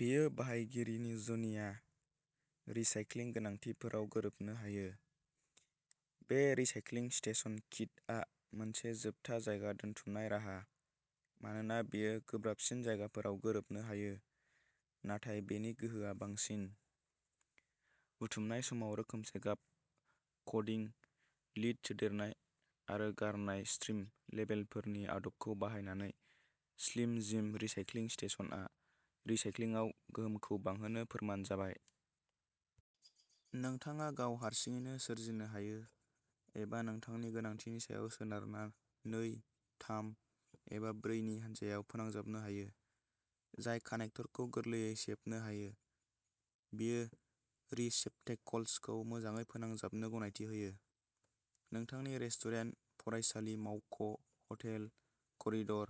बेयो बाहायगिरिनि जुनिया रिसाइक्लिं गोनांथिफोराव गोरोबनो हायो। बे रिसाइक्लिं स्टेशन किटआ मोनसे जोबथा जायगा दोनथुमनाय राहा मानोना बेयो गोब्राबसिन जायगाफोराव गोरोबनो हायो नाथाय बेनि गोहोआ बांसिन। बुथुमनाय समाव रोखोमसे गाब क'डिं, लिद सोदेरनाय आरो गारनाय स्ट्रिम लेबेलफोरनि आदबखौ बाहायनानै, स्लिम जिम रिसाइक्लिं स्टेशनआ रिसाइक्लिंआव गोहोमखौ बांहोनो फोरमान जाबाय। नोंथाङा गाव हारसिङैनो सोरजिनो हायो, एबा नोंथांनि गोनांथिनि सायाव सोनारना नै, थाम एबा ब्रै नि हानजायाव फोनांजाबनो हायो। जाय कानेक्टरखौ गोरलैयै सेबनो हायो, बेयो रिसेप्टेकल्सखौ मोजाङै फोनांजाबनो गनायथि होयो। नोंथांनि रेस्टुरेन्ट, फरायसालि, मावख', हटेल, करिडर,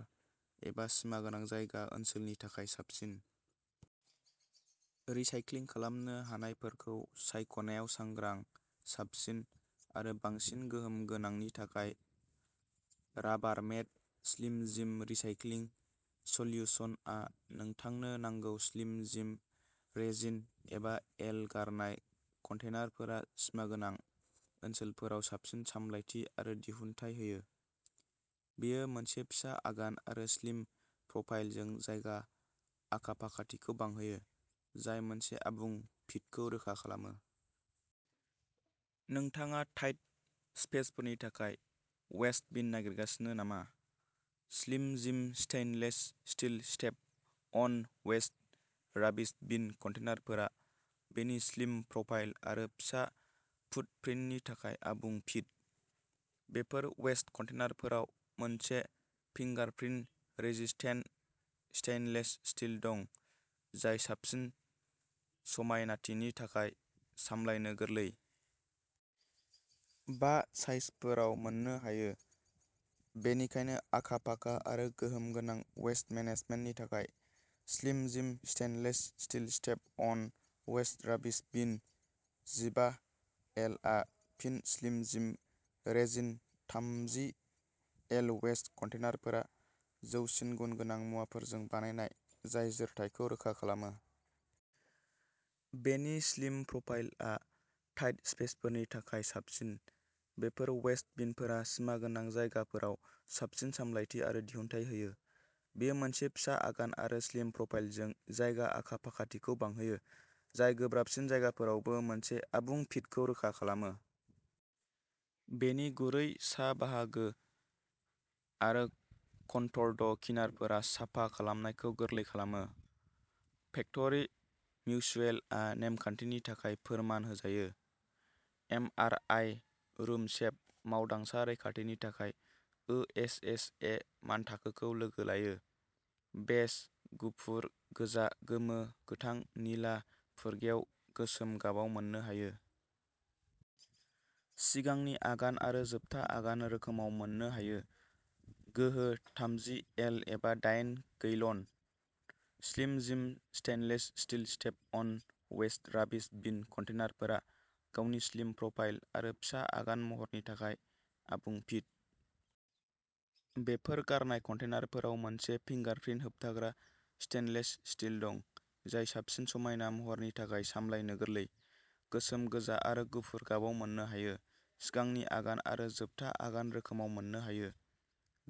एबा सिमागोनां जायगा ओनसोलनि थाखाय साबसिन। रिसाइक्लिं खालामनो हानायफोरखौ सायख'नायाव सांग्रां, साबसिन आरो बांसिन गोहोम गोनांनि थाखाय, राबारमेड स्लिम जिम रिसाइक्लिं सल्युशनआ नोंथांनो नांगौ स्लिम जिम रेजिन जिबा एल गारनाय कन्टेनारफोरा सिमागोनां ओनसोलफोराव साबसिन सामलायथि आरो दिहुनथाइ होयो। बेयो मोनसे फिसा आगान आरो स्लिम प्रफाइलजों जायगा आखा फाखाथिखौ बांहोयो, जाय मोनसे आबुं फिटखौ रोखा खालामो। नोंथाङा टाइट स्पेसफोरनि थाखाय वेस्ट बिन नागिरगासिनो नामा? Slim Jim stainless steel step on waste rubbish bin कन्टेनारफोरा बेनि स्लिम प्रफाइल आरो फिसा फुटप्रिन्टनि थाखाय आबुं फिट। बेफोर वेस्ट कन्टेनारफोराव मोनसे फिंगारप्रिन्ट रेजिस्टेन्ट स्टेइनलेस स्टील दं जाय साबसिन समायनाथिनि थाखाय सामलायनो गोरलै। बा साइजफोराव मोननो हायो। बेनिखायनो आखा-फाखा आरो गोहोम गोनां वेस्ट मेनेजमेन्टनि थाखाय, Slim Jim stainless steel step on waste rubbish bin जिबा एलआ फिन स्लिम जिम रेजिन थामजि एल वेस्ट कन्टेनारफोरा जौसिन गुन गोनां मुवाफोरजों बानायनाय जाय जोरथाइखौ रोखा खालामो। बेनि स्लिम प्रफाइलआ टाइट स्पेसफोरनि थाखाय साबसिन। बेफोर वेस्ट बिनफोरा सिमागोनां जायगाफोराव साबसिन सामलायथि आरो दिहुनथाइ होयो। बेयो मोनसे फिसा आगान आरो स्लिम प्रफाइलजों जायगा आखा-फाखाथिखौ बांहोयो, जाय गोब्राबसिन जायगाफोरावबो मोनसे आबुं फिटखौ रोखा खालामो। बेनि गुरै सा बाहागो आरो कनटर्ड किनारफोरा साफा खालामनायखौ गोरलै खालामो। फेक्टरि मिउचुएलआ नेमखान्थिनि थाखाय फोरमान होजायो। M R I room safe. मावदांसा रैखाथिनि थाखाय ओएसएचए मानथाखोखौ लोगो लायो। बेज, गुफुर, गोजा, गोमो, गोथां, निला, फुरगेव, गोसोम गाबाव मोननो हायो। सिगांनि आगान आरो जोबथा आगान रोखोमाव मोननो हायो। गोहो थामजि एल एबा दायेन gallon. Slim Jim stainless steel step on waste rubbish bin कन्टेनारफोरा गावनि स्लिम प्रफाइल आरो फिसा आगान महरनि थाखाय आबुं फिट। बेफोर गारनाय कन्टेनारफोराव मोनसे फिंगारप्रिन्ट होबथाग्रा स्टेइनलेस स्टील दं, जाय साबसिन समायना महरनि थाखाय सामलायनो गोरलै। गोसोम, गोजा आरो गुफुर गाबाव मोननो हायो। सिगांनि आगान आरो जोबथा आगान रोखोमाव मोननो हायो।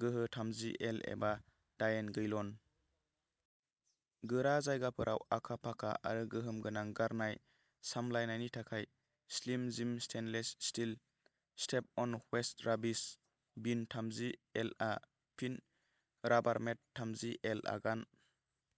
गोहो थामजि एल एबा दायेन गैलन। गोरा जायगाफोराव आखा-फाखा आरो गोहोम गोनां गारनाय सामलायनायनि थाखाय, Slim Jim stainless steel step on waste rubbish bin थामजि एलआ फिन राबारमेड थामजि एल आगान,